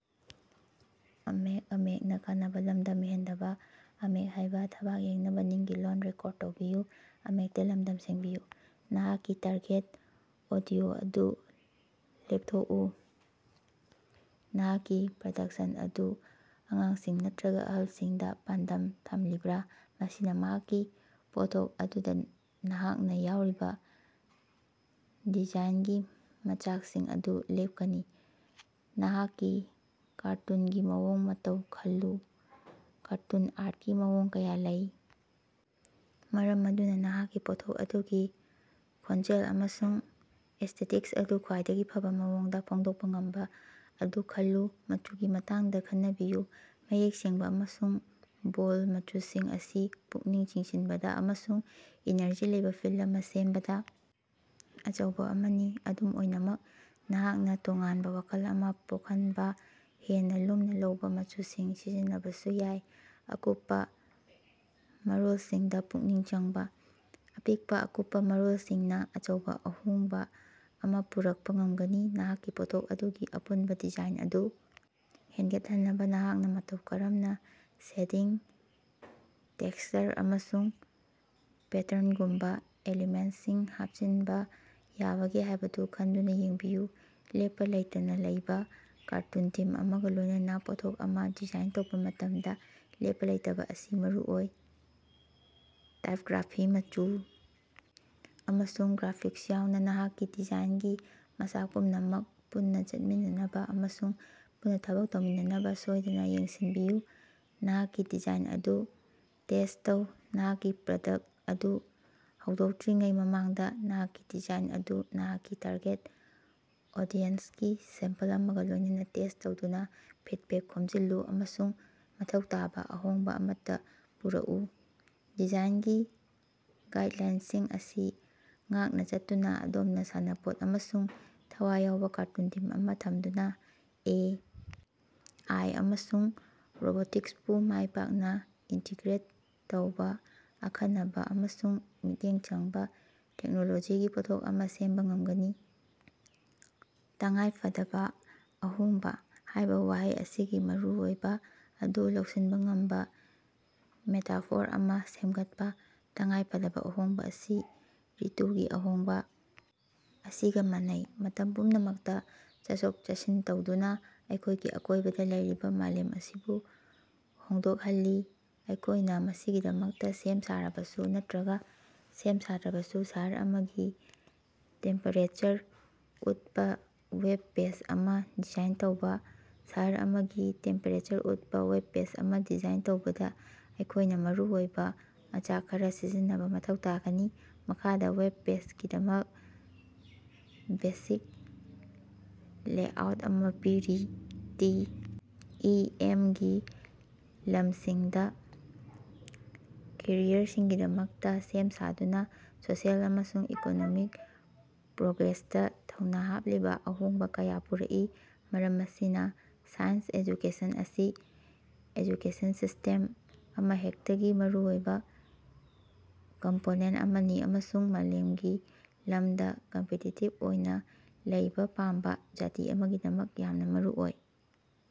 ꯅꯍꯥꯛꯀꯤ target audio ꯑꯗꯨ ꯂꯦꯞꯊꯣꯛꯎ: ꯅꯍꯥꯛꯀꯤ ꯄ꯭ꯔꯗꯛꯁꯟ ꯑꯗꯨ ꯑꯉꯥꯡꯁꯤꯡ ꯅꯠꯇꯔꯒ ꯑꯍꯜꯁꯤꯡꯗ ꯄꯥꯟꯗꯝ ꯊꯃꯂꯤꯕꯔꯥ? ꯃꯁꯤꯅ ꯅꯍꯥꯛꯀꯤ ꯄꯣꯠꯊꯣꯛ ꯑꯗꯨꯗ ꯅꯍꯥꯛꯅ ꯌꯥꯎꯔꯤꯕ ꯗꯤꯖꯥꯏꯟꯒꯤ ꯃꯆꯥꯛꯁꯤꯡ ꯑꯗꯨ ꯂꯦꯞꯀꯅꯤ꯫ ꯅꯍꯥꯛꯀꯤ ꯀꯥꯔꯇꯨꯟꯒꯤ ꯃꯑꯣꯡ ꯃꯇꯧ ꯈꯜꯂꯨ: ꯀꯥꯔꯇꯨꯟ ꯑꯥ꯭ꯔꯠꯀꯤ ꯃꯑꯣꯡ ꯀꯌꯥ ꯂꯩ, ꯃꯔꯝ ꯑꯗꯨꯅ ꯅꯍꯥꯛꯀꯤ ꯄꯣꯠꯊꯣꯛ ꯑꯗꯨꯒꯤ ꯈꯣꯟꯖꯦꯜ ꯑꯃꯁꯨꯡ ꯑꯦꯁ꯭ꯇꯦꯇꯤꯛꯁ ꯑꯗꯨ ꯈ꯭ꯋꯥꯏꯗꯒꯤ ꯐꯕ ꯃꯑꯣꯡꯗ ꯐꯣꯡꯗꯣꯛꯄ ꯉꯝꯕ ꯑꯗꯨ ꯈꯜꯂꯨ꯫ ꯃꯆꯨꯒꯤ ꯃꯇꯥꯡꯗ ꯈꯅꯕꯤꯌꯨ: ꯃꯌꯦꯛ ꯁꯦꯡꯕ ꯑꯃꯁꯨꯡ ꯕꯣꯜꯗ ꯃꯆꯨꯁꯤꯡ ꯑꯁꯤ ꯄꯨꯛꯅꯤꯡ ꯆꯤꯡꯁꯤꯅꯕꯗ ꯑꯃꯁꯨꯡ ꯏꯅ꯭ꯔꯖꯤ ꯂꯩꯕ ꯐꯤꯜ ꯑꯃ ꯁꯦꯝꯕꯗ ꯑꯆꯧꯕ ꯑꯃꯅꯤ꯫ ꯑꯗꯨꯝ ꯑꯣꯏꯅꯃꯛ, ꯅꯍꯥꯛꯅ ꯇꯣꯉꯥꯟꯕ ꯋꯥꯈꯜ ꯑꯃ ꯄꯣꯈꯟꯅꯕ ꯍꯦꯟꯅ ꯂꯨꯝꯅ ꯂꯧꯕ ꯃꯆꯨꯁꯤꯡ ꯁꯤꯖꯤꯟꯅꯕꯁꯨ ꯌꯥꯏ꯫ ꯑꯀꯨꯞꯄ ꯃꯔꯣꯜꯁꯤꯡꯗ ꯄꯨꯛꯅꯤꯡ ꯆꯪꯕꯥ: ꯑꯄꯤꯛꯄ ꯑꯀꯨꯞꯄ ꯃꯔꯣꯜꯁꯤꯡꯅ ꯑꯆꯧꯕ ꯑꯍꯣꯡꯕ ꯑꯃ ꯄꯨꯔꯛꯄ ꯉꯝꯒꯅꯤ꯫ ꯅꯍꯥꯛꯀꯤ ꯄꯣꯠꯊꯣꯛ ꯑꯗꯨꯒꯤ ꯑꯄꯨꯟꯕ ꯗꯤꯖꯥꯏꯟ ꯑꯗꯨ ꯍꯦꯟꯒꯠꯍꯟꯅꯕ ꯅꯍꯥꯛꯅ ꯃꯇꯧ ꯀꯔꯝꯅ ꯁꯦꯗꯤꯡ, ꯇꯦꯛꯁꯆꯔ, ꯑꯃꯁꯨꯡ ꯄꯦꯇ꯭ꯔꯟꯒꯨꯝꯕ ꯑꯦꯂꯤꯃꯦꯟꯠꯁꯤꯡ ꯍꯥꯞꯆꯤꯟꯕ ꯌꯥꯕꯒꯦ ꯍꯥꯏꯕꯗꯨ ꯈꯟꯗꯨꯅ ꯌꯦꯡꯕꯤꯌꯨ꯫ ꯂꯦꯞꯄ ꯂꯩꯇꯅ ꯂꯩꯕ: ꯀꯥꯔꯇꯨꯟ ꯊꯤꯝ ꯑꯃꯒ ꯂꯣꯏꯅꯅ ꯄꯣꯠꯊꯣꯛ ꯑꯃ ꯗꯤꯖꯥꯏꯟ ꯇꯧꯕ ꯃꯇꯝꯗ ꯂꯦꯞꯄ ꯂꯩꯇꯕ ꯑꯁꯤ ꯃꯔꯨ ꯑꯣꯏ꯫ ꯇꯥꯏꯄꯒ꯭ꯔꯥꯐꯤ, ꯃꯆꯨ, ꯑꯃꯁꯨꯡ ꯒ꯭ꯔꯥꯐꯤꯛꯁ ꯌꯥꯎꯅ ꯅꯍꯥꯛꯀꯤ ꯗꯤꯖꯥꯏꯒꯤ ꯃꯆꯥꯛ ꯄꯨꯝꯅꯃꯛ ꯄꯨꯟꯅ ꯆꯠꯃꯤꯟꯅꯕ ꯑꯃꯁꯨꯡ ꯄꯨꯟꯅ ꯊꯕꯛ ꯇꯧꯃꯤꯟꯅꯅꯕ ꯁꯣꯏꯗꯅ ꯌꯦꯡꯁꯤꯟꯕꯤꯌꯨ꯫ ꯅꯍꯥꯛꯀꯤ ꯗꯤꯖꯥꯏꯟ ꯑꯗꯨ ꯇꯦꯁ꯭ꯠ ꯇꯧ: ꯅꯍꯥꯛꯀꯤ ꯄ꯭ꯔꯗꯛ ꯑꯗꯨ ꯍꯧꯗꯣꯛꯇꯔꯤꯉꯩ ꯃꯃꯥꯡꯗ, ꯅꯍꯥꯛꯀꯤ ꯗꯤꯖꯥꯏꯟ ꯑꯗꯨ ꯅꯍꯥꯛꯀꯤ ꯇꯥꯔꯒꯦꯠ ꯑꯣꯗꯤꯌꯦꯟꯁꯀꯤ ꯁꯦꯝꯄꯜ ꯑꯃꯒ ꯂꯣꯏꯅꯅ ꯇꯦꯁ꯭ꯠ ꯇꯧꯗꯨꯅ ꯐꯤꯠꯕꯦꯛ ꯈꯣꯝꯖꯤꯜꯂꯨ ꯑꯃꯁꯨꯡ ꯃꯊꯧ ꯇꯥꯕ ꯑꯍꯣꯡꯕ ꯑꯃꯠꯇ ꯄꯨꯔꯛꯎ꯫ ꯗꯤꯖꯥꯏꯟꯒꯤ ꯒꯥꯏꯗꯂꯥꯏꯟꯁꯤꯡ ꯑꯁꯤ ꯉꯥꯛꯅ ꯆꯠꯇꯨꯅ ꯑꯗꯣꯝꯅ ꯁꯥꯟꯅꯄꯣꯠ ꯑꯃꯁꯨꯡ ꯊꯋꯥꯏ ꯌꯥꯎꯕ ꯀꯥꯔꯇꯨꯟ ꯊꯤꯝ ꯑꯃ ꯊꯝꯗꯨꯅ ꯑꯦ. ꯑꯥꯏ. ꯑꯃꯁꯨꯡ ꯔꯣꯕꯣꯇꯤꯛꯁꯄꯨ ꯃꯥꯏ ꯄꯥꯛꯅ ꯏꯟꯇꯤꯒ꯭ꯔꯦꯠ ꯇꯧꯕ ꯑꯈꯟꯅꯕ ꯑꯃꯁꯨꯡ ꯃꯤꯠꯌꯦꯡ ꯆꯪꯕ ꯇꯦꯛꯅꯣꯂꯣꯖꯤꯒꯤ ꯄꯣꯠꯊꯣꯛ ꯑꯃ ꯁꯦꯝꯕ ꯉꯝꯒꯅꯤ꯫ "ꯇꯉꯥꯏꯐꯗꯕ ꯑꯍꯣꯡꯕ" ꯍꯥꯏꯕ ꯋꯥꯍꯩ ꯑꯁꯤꯒꯤ ꯃꯔꯨꯑꯣꯏꯕ ꯑꯗꯨ ꯂꯧꯁꯤꯟꯕ ꯉꯝꯕ ꯃꯦꯇꯥꯐꯣꯔ ꯑꯃ ꯁꯦꯝꯒꯠꯄ꯫ ꯇꯉꯥꯏꯐꯗꯕ ꯑꯍꯣꯡꯕ ꯑꯁꯤ ꯔꯤꯇꯨꯒꯤ ꯑꯍꯣꯡꯕ ꯑꯁꯤꯒ ꯃꯥꯟꯅꯩ, ꯃꯇꯝ ꯄꯨꯝꯅꯃꯛꯇ ꯆꯠꯊꯣꯛ-ꯆꯠꯁꯤꯟ ꯇꯧꯗꯨꯅ, ꯑꯩꯈꯣꯏꯒꯤ ꯑꯀꯣꯏꯕꯗ ꯂꯩꯔꯤꯕ ꯃꯥꯂꯦꯝ ꯑꯁꯤꯕꯨ ꯍꯣꯡꯗꯣꯛꯍꯜꯂꯤ, ꯑꯩꯈꯣꯏꯅ ꯃꯁꯤꯒꯤꯗꯃꯛꯇ ꯁꯦꯝ ꯁꯥꯔꯕꯁꯨ ꯅꯠꯇꯔꯒ ꯁꯦꯝ ꯁꯥꯗ꯭ꯔꯕꯁꯨ꯫ ꯁꯍꯔ ꯑꯃꯒꯤ ꯇꯦꯝꯄꯦꯔꯦꯆꯔ ꯎꯠꯄꯥ ꯋꯦꯕ ꯄꯦꯖ ꯑꯃꯥ ꯗꯤꯖꯥꯏꯟ ꯇꯧꯕꯥ꯫ ꯁꯍꯔ ꯑꯃꯒꯤ ꯇꯦꯝꯄꯦꯔꯦꯆꯔ ꯎꯠꯄ ꯋꯦꯕ ꯄꯦꯖ ꯑꯃ ꯗꯤꯖꯥꯏꯟ ꯇꯧꯕꯗ ꯑꯩꯈꯣꯏꯅ ꯃꯔꯨꯑꯣꯏꯕ ꯃꯆꯥꯛ ꯈꯔ ꯁꯤꯖꯤꯟꯅꯕ ꯃꯊꯧ ꯇꯥꯒꯅꯤ꯫ ꯃꯈꯥꯗ ꯋꯦꯕ ꯄꯦꯖꯒꯤꯗꯃꯛ ꯕꯦꯁꯤꯛ ꯂꯦꯑꯥꯎꯠ ꯑꯃꯥ ꯄꯤꯔꯤ ꯇꯤ. ꯏ. ꯑꯦꯝ.)ꯒꯤ ꯂꯝꯁꯤꯡꯗ ꯀꯦꯔꯤꯌꯔꯁꯤꯡꯒꯤꯗꯃꯛꯇ ꯁꯦꯝ ꯁꯥꯗꯨꯅ ꯁꯣꯁꯤꯑꯦꯜ ꯑꯃꯁꯨꯡ ꯏꯀꯣꯅꯣꯃꯤꯛ ꯄ꯭ꯔꯣꯒ꯭ꯔꯦꯁꯇ ꯊꯧꯅꯥ ꯍꯥꯞꯂꯤꯕ ꯑꯍꯣꯡꯕ ꯀꯌꯥ ꯄꯨꯔꯛꯏ꯫ ꯃꯔꯝ ꯑꯁꯤꯅ ꯁꯥꯏꯟꯁ ꯑꯦꯖꯨꯀꯦꯁꯟ ꯑꯁꯤ ꯑꯦꯖꯨꯀꯦꯁꯟ ꯁꯤꯁ꯭ꯇꯦꯝ ꯑꯃꯍꯦꯛꯇꯒꯤ ꯃꯔꯨꯑꯣꯏꯕ ꯀꯝꯄꯣꯅꯦꯟꯠ ꯑꯃꯅꯤ ꯑꯃꯁꯨꯡ ꯃꯥꯂꯦꯝꯒꯤ ꯂꯝꯗ ꯀꯝꯄꯤꯇꯤꯇꯤꯕ ꯑꯣꯏꯅ ꯂꯩꯕ ꯄꯥꯝꯕ ꯖꯥꯇꯤ ꯑꯃꯒꯤꯗꯃꯛ ꯌꯥꯝꯅ ꯃꯔꯨꯑꯣꯏ꯫